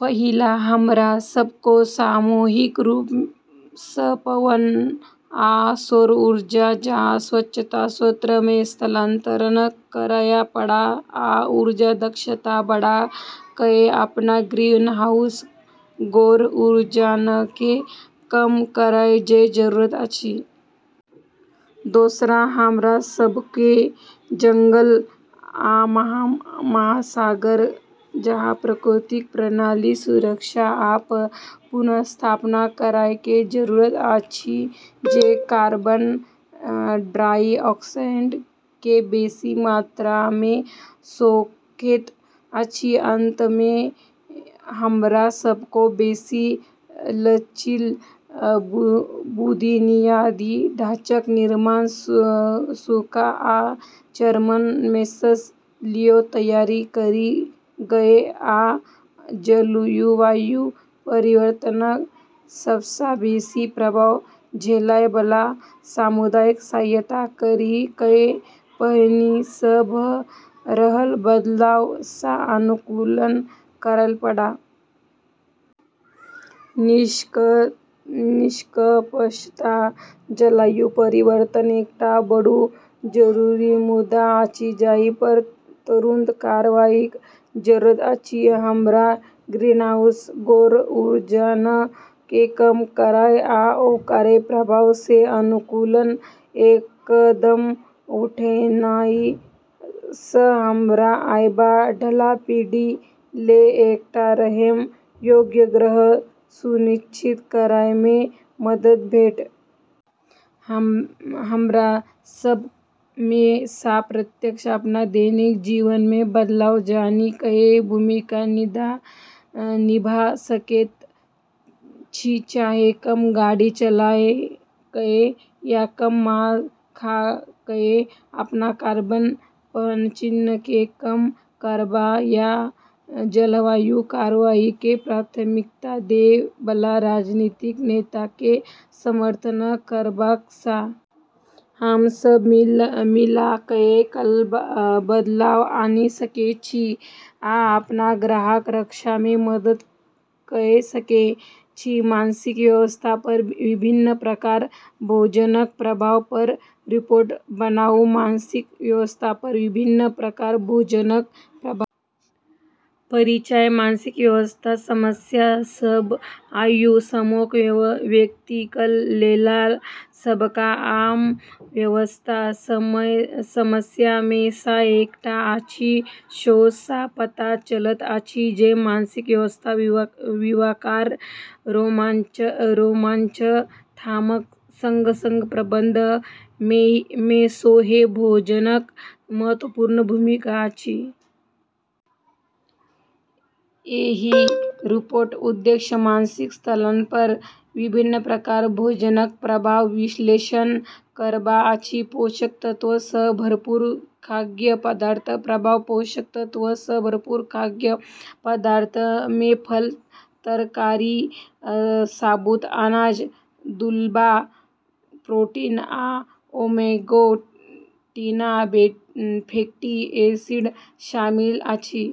पहिल, हमरा सभ के सामूहिक रूप सँ पवन आ सौर ऊर्जा जकाँ स्वच्छ स्रोत मे स्थानांतरण करय पड़त, आ ऊर्जा दक्षता बढ़ा कए अपना ग्रीनहाउस गैस उत्सर्जन के कम करय के जरूरत अछि। दोसर, हमरा सभ के जंगल आ महासागर जकाँ प्राकृतिक प्रणालीक सुरक्षा आ पुनर्स्थापना करय के जरूरत अछि, जे कार्बन डाइऑक्साइड के बेसी मात्रा मे सोखैत अछि। अंत मे, हमरा सभ के बेसी लचील बुनियादी ढांचाक निर्माण, सूखा आ चरम मौसम लेल तैयारी करी कए, आ जलवायु परिवर्तनक सबसँ बेसी प्रभाव झेलय बला समुदायक सहायता करी कए पहिने सँ भ रहल बदलाव सँ अनुकूलन करय पड़त। निष्कर्षतः जलवायु परिवर्तन एकटा बड्ड जरूरी मुद्दा अछि जाहि पर तुरंत कार्रवाईक जरूरत अछि। हमर ग्रीनहाउस गैस उत्सर्जन के कम कए आ ओकर प्रभाव सँ अनुकूलन कए कदम उठेनाइ सँ हमरा आबय बला पीढ़ी लेल एकटा रहय योग्य ग्रह सुनिश्चित करय मे मदद भेटत। हमरा सभ मे सँ प्रत्येक अपना दैनिक जीवन मे बदलाव आनि कए भूमिका निभा सकैत छी, चाहे कम गाड़ी चला कए या कम मांस खा कए अपना कार्बन पदचिह्न के कम करबाक सँ, या जलवायु कार्रवाई के प्राथमिकता देबय बला राजनीतिक नेता के समर्थन करबाक सँ। हम सभ मिल कए बदलाव आनि सकैत छी आ अपना ग्रहक रक्षा मे मदद कए सकैत छी। मानसिक स्वास्थ्य पर विभिन्न प्रकारक भोजनक प्रभाव पर रिपोर्ट बनाउ। मानसिक स्वास्थ्य पर विभिन्न प्रकारक भोजनक प्रभाव। परिचय: मानसिक स्वास्थ्य समस्या सभ आयु समूहक व्यक्तिक लेल सबसँ आम स्वास्थ्य समस्या मे सँ एकटा अछि। शोध सँ पता चलल अछि जे मानसिक स्वास्थ्य विकारक रोकथामक संग-संग प्रबंधन मे सेहो भोजनक महत्वपूर्ण भूमिका अछि। एहि रिपोर्टक उद्देश्य मानसिक स्वास्थ्य पर विभिन्न प्रकारक भोजनक प्रभावक विश्लेषण करब अछि। पोषक तत्व सँ भरपूर खाद्य पदार्थक प्रभाव: पोषक तत्व सँ भरपूर खाद्य पदार्थ मे फल, तरकारी, साबुत अनाज, दुबला प्रोटीन, आ ओमेगा-तिनटा फैटी एसिड शामिल अछि।